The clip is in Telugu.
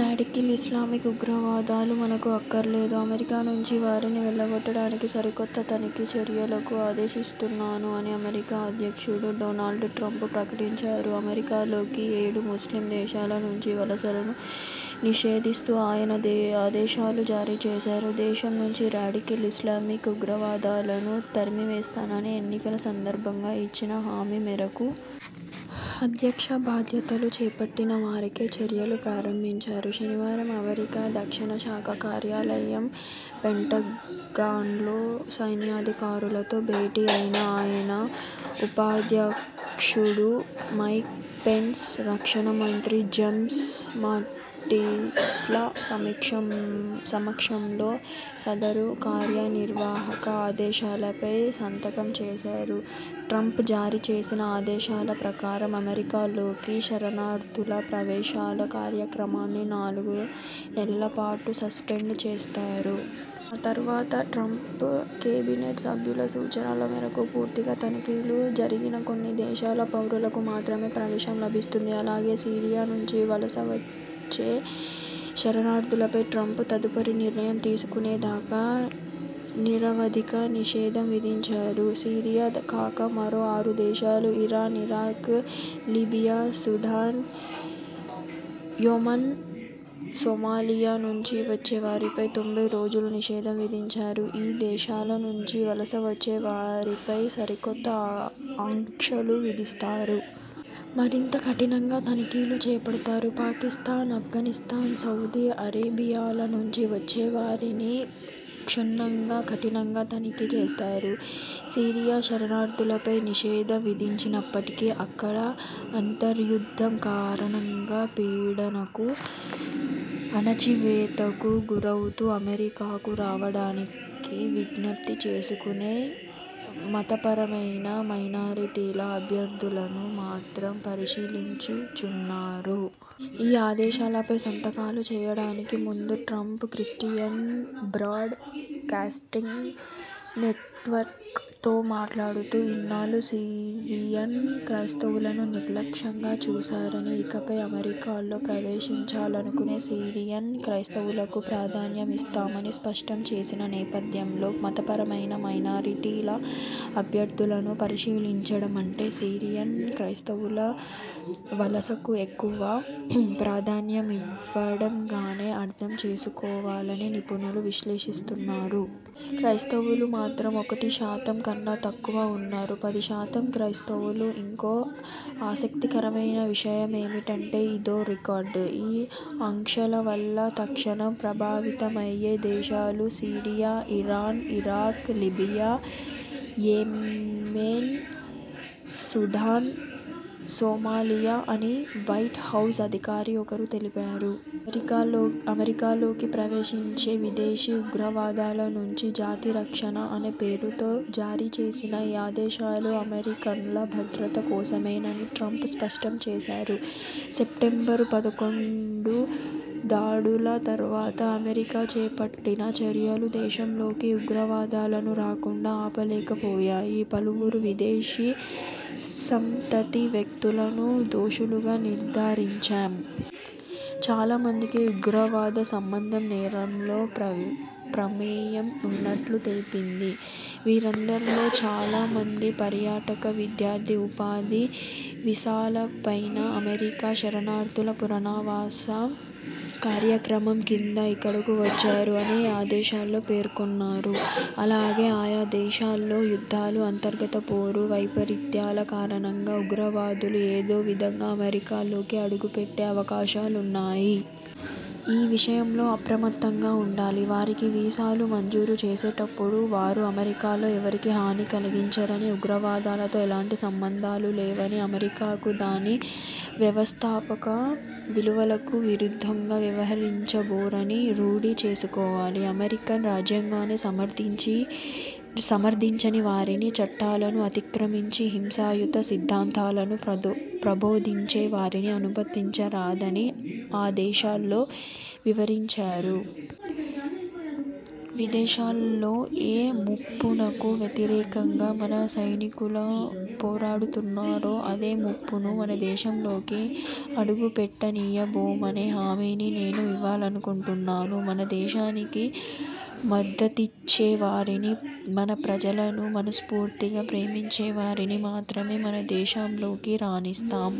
రాడికల్ ఇస్లామిక్ ఉగ్రవాదులు మనకు అక్కర్లేదు. అమెరికా నుంచి వారిని వెళ్లగొట్టడానికి సరికొత్త తనిఖీ చర్యలకు ఆదేశిస్తున్నాను' అని అమెరికా అధ్యక్షుడు డోనాల్డ్ ట్రంప్ ప్రకటించారు. అమెరికాలోకి ఏడు ముస్లిం దేశాల నుంచి వలసలను నిషేధిస్తూ ఆయన ఆదేశాలు జారీ చేశారు. దేశం నుంచి రాడికల్ ఇస్లామిక్ ఉగ్రవాదులను తరిమేస్తానని ఎన్నికల సందర్భంగా ఇచ్చిన హామీ మేరకు.. అధ్యక్ష బాధ్యతలు చేపట్టిన వారానికే చర్యలు ప్రారంభించారు. శనివారం అమెరికా రక్షణ శాఖ కార్యాలయం పెంటగాన్లో సైన్యాధికారులతో భేటీ అయిన ఆయన ఉపాధ్యక్షుడు మైక్ పెన్స్, రక్షణ మంత్రి జేమ్స్ మాటిస్ల సమక్షంలో సదరు కార్యనిర్వాహక ఆదేశాలపై సంతకం చేశారు. ట్రంప్ జారీ చేసిన ఆదేశాల ప్రకారం అమెరికాలోకి శరణార్థుల ప్రవేశాల కార్యక్రమాన్ని నాలుగు నెలలపాటు సస్పెండ్ చేస్తారు. ఆ తర్వాత ట్రంప్ కేబినెట్ సభ్యుల సూచనల మేరకు పూర్తిగా తనిఖీలు జరిగిన కొన్ని దేశాల పౌరులకు మాత్రమే ప్రవేశం లభిస్తుంది. అలాగే, సిరియా నుంచి వలస వచ్చే శరణార్థులపై ట్రంప్ తదుపరి నిర్ణయం తీసుకునేదాకా నిరవధిక నిషేధం విధించారు. సిరియా కాక మరో ఆరు దేశాలు Iran, Iraq, Libya, Sudan, Yemen, సొమాలియాల నుంచి వచ్చేవారిపై తొంభై రోజులు నిషేధం విధించారు ఈ దేశాల నుంచి వలసవచ్చే వారిపై సరికొత్త ఆంక్షలు విధిస్తారు. మరింత కఠినంగా తనిఖీలు చేపడతారు. పాకిస్థాన్, అఫ్ఘానిస్థాన్, సౌదీ అరేబియాల నుంచి వచ్చేవారిని క్షుణ్నంగా, కఠినంగా తనిఖీ చేస్తారు. సిరియా శరణార్థులపై నిషేధం విధించినప్పటికీ.. అక్కడ అంతర్యుద్ధం కారణంగా పీడనకు, అణచివేతకు గురవుతూ అమెరికాకు రావడానికి విజ్ఞప్తి చేసుకునే మతపరమైన మైనారిటీల అభ్యర్థనలను మాత్రం పరిశీలించనున్నారు. ఈ ఆదేశాలపై సంతకాలు చేయడానికి ముందు Trump Christian Broadcasting Network తో మాట్లాడుతూ ఇన్నాళ్లూ సిరియన్ క్రైస్తవులను నిర్లక్ష్యంగా చూశారని, ఇకపై అమెరికాలో ప్రవేశించాలనుకునే సిరియన్ క్రైస్తవులకు ప్రాధాన్యమిస్తామని స్పష్టం చేసిన నేపథ్యంలో మతపరమైన మైనారిటీల అభ్యర్థనలను పరిశీలించడమంటే సిరియన్ క్రైస్తవుల వలసకు ఎక్కువ ప్రాధాన్యమివ్వడంగానే అర్థం చేసుకోవాలని నిపుణులు విశ్లేషిస్తున్నారు. క్రైస్తవులు మాత్రం ఒకటి శాతం కన్నా తక్కువ ఉన్నారు. పది శాతం క్రైస్తవులు. ఇంకో ఆసక్తికరమైన విషయమేంటంటేఇ దో రికార్డు. ఈ ఆంక్షల వల్ల తక్షణం ప్రభావితమయ్యే దేశాలు Syria, Iran, Iraq, Libya, Yemen, Sudan, Somalia అని వైట్ హౌస్ అధికారి ఒకరు తెలిపారు. 'అమెరికాలోకి ప్రవేశించే విదేశీ ఉగ్రవాదుల నుంచి జాతిరక్షణ' అనే పేరుతో జారీచేసిన ఈ ఆదేశాలు అమెరికన్ల భద్రత కోసమేనని ట్రంప్ స్పష్టం చేశారు. సెప్టెంబరు పదకొండు దాడుల తర్వాత అమెరికా చేపట్టిన చర్యలు దేశంలోకి ఉగ్రవాదులను రాకుండా ఆపలేకపోయాయి. పలువురు విదేశీ సంతతి వ్యక్తులను దోషులుగా నిర్ధారించాం. చాలా మందికి ఉగ్రవాద సంబంధ నేరాల్లో ప్రమేయం ఉన్నట్లు తేలింది. వీరందరిలో చాలా మంది పర్యాటక, విద్యార్థి, ఉపాధి వీసాలపైన, అమెరికా శరణార్థుల పునరావాస కార్యక్రమం కింద ఇక్కడకు వచ్చారు' అని ఆదేశాల్లో పేర్కొన్నారు. అలాగే 'ఆయా దేశాల్లో యుద్ధాలు, అంతర్గత పోరు, వైపరీత్యాల కారణంగా ఉగ్రవాదులు ఏదో విధంగా అమెరికాలోకి అడుగుపెట్టే అవకాశాలున్నాయి. ఈ విషయంలో అప్రమత్తంగా ఉండాలి. వారికి వీసాలు మంజూరు చేసేటప్పుడు వారు అమెరికాలో ఎవరికీ హాని కలిగించరని, ఉగ్రవాదులతో ఎలాంటి సంబంధాలు లేవని, అమెరికాకు, దాని వ్యవస్థాపక విలువలకు విరుద్ధంగా వ్యవహరించబోరని రూఢి చేసుకోవాలి. అమెరికన్ రాజ్యాంగాన్ని సమర్థించని వారిని, చట్టాలను అతిక్రమించి హింసాయుత సిద్ధాంతాలను ప్రబోధించేవారిని అనుమతించరాదు' అని ఆదేశాల్లో వివరించారు. ''విదేశాల్లో ఏ ముప్పునకు వ్యతిరేకంగా మన సైనికులు పోరాడుతున్నారో అదే ముప్పును మనదేశంలోకి అడుగుపెట్టనీయబోమనే హామీని నేను ఇవ్వాలనుకుంటున్నాను. మన దేశానికి మద్దతిచ్చేవారిని, మన ప్రజలను మనస్ఫూర్తిగా ప్రేమించేవారిని మాత్రమే మనదేశంలోకి రానిస్తాం.